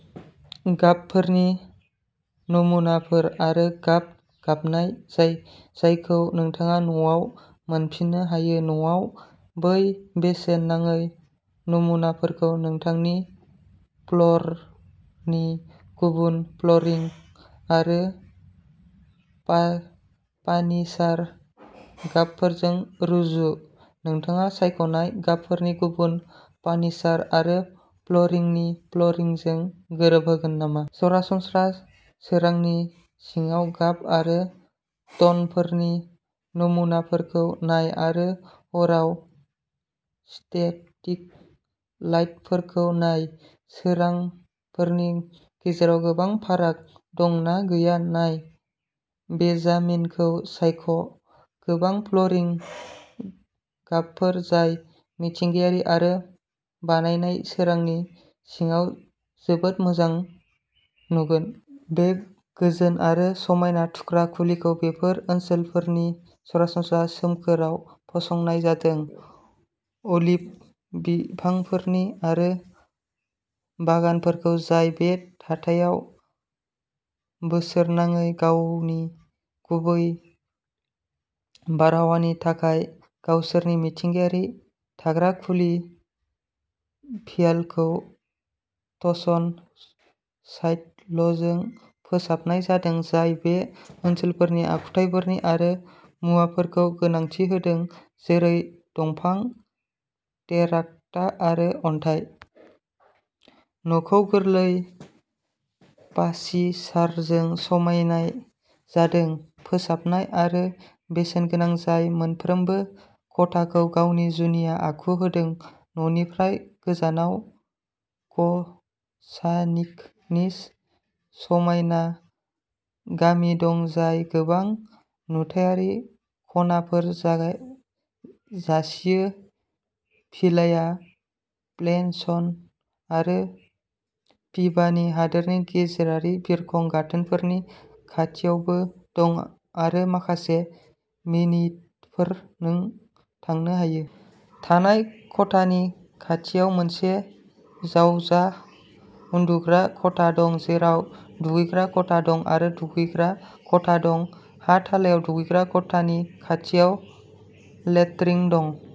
गाबफोरनि नमुनाफोर आरो गाब गाबनाय जायखौ नोंथाङा न'आव मोनफिन्नो हायो। न'आव, बै बेसेन नाङै नमुनाफोरखौ नोंथांनि फ्ल'रनि गुबुन फ्ल'रिं आरो पा पानिसार गाबफोरजों रुजु। नोंथाङा सायख'नाय गाबफोरा गुबुन पार्निचार आरो फ्ल'रनि फ्ल'रिंजों गोरोबगोन नामा? सरासनस्रा सोरांनि सिङाव गाब आरो टनफोरनि नमुनाफोरखौ नाय आरो हराव सिन्थेटिक लाइटफोरखौ नाय। सोरांफोरनि गेजेराव गोबां फाराग दं ना गैया नाय। बेन्जामिनखौ सायख'गोबां फ्ल'रनि गाबफोर जाय मिथिंगायारि आरो बानायनाय सोरांनि सिङाव जोबोद मोजां नुगोन। बे गोजोन आरो समायना थाग्रा खुलिखौ बेफोर ओनसोलफोरनि सरासनस्रा सोमखोरआव फसंनाय जादों, अलिभ बिफांफोर आरो बागानफोर जाय बे थाथायाव बोसोरनाङै गावनि गुरै बारहावानि थाखाय गावसोरनि मिथिंगायारि थाग्रा खुलि। भिलाखौ टसन स्टाइलजों फोसाबनाय जादों, जाय बे ओनसोलनि आखुथायफोर आरो मुवाफोरखौ गोनांथि होदों, जेरै दंफां, टेराक'टा आरो अन्थाइ। न'खौ गोरलै फासिजारजों साजायनाय जादों, फोसाबनाय आरो बेसेनगोनां, जाय मोनफ्रोमबो खथाखौ गावनि जुनिया आखु होदों। न'निफ्राय गोजानाव क'सानिक'नि समायना गामि दं, जाय गोबां नुथायारि खनाफोर जासियो। भिलाया फ्लेसन आरो पिसा नि हादोर गेजेरारि बिरखं गाथोनफोरनि खाथियावबो दं आरो माखासे मिनिटफोर नों थानो हायो। थानाय खथानि खाथियाव मोनसे जावजा उन्दुग्रा खथा दं जेराव दुगैग्रा खथा दं आरो दुगैग्रा खथा दं। हा थालायाव, दुगैग्रा खथानि खाथियाव लान्ड्रि दं।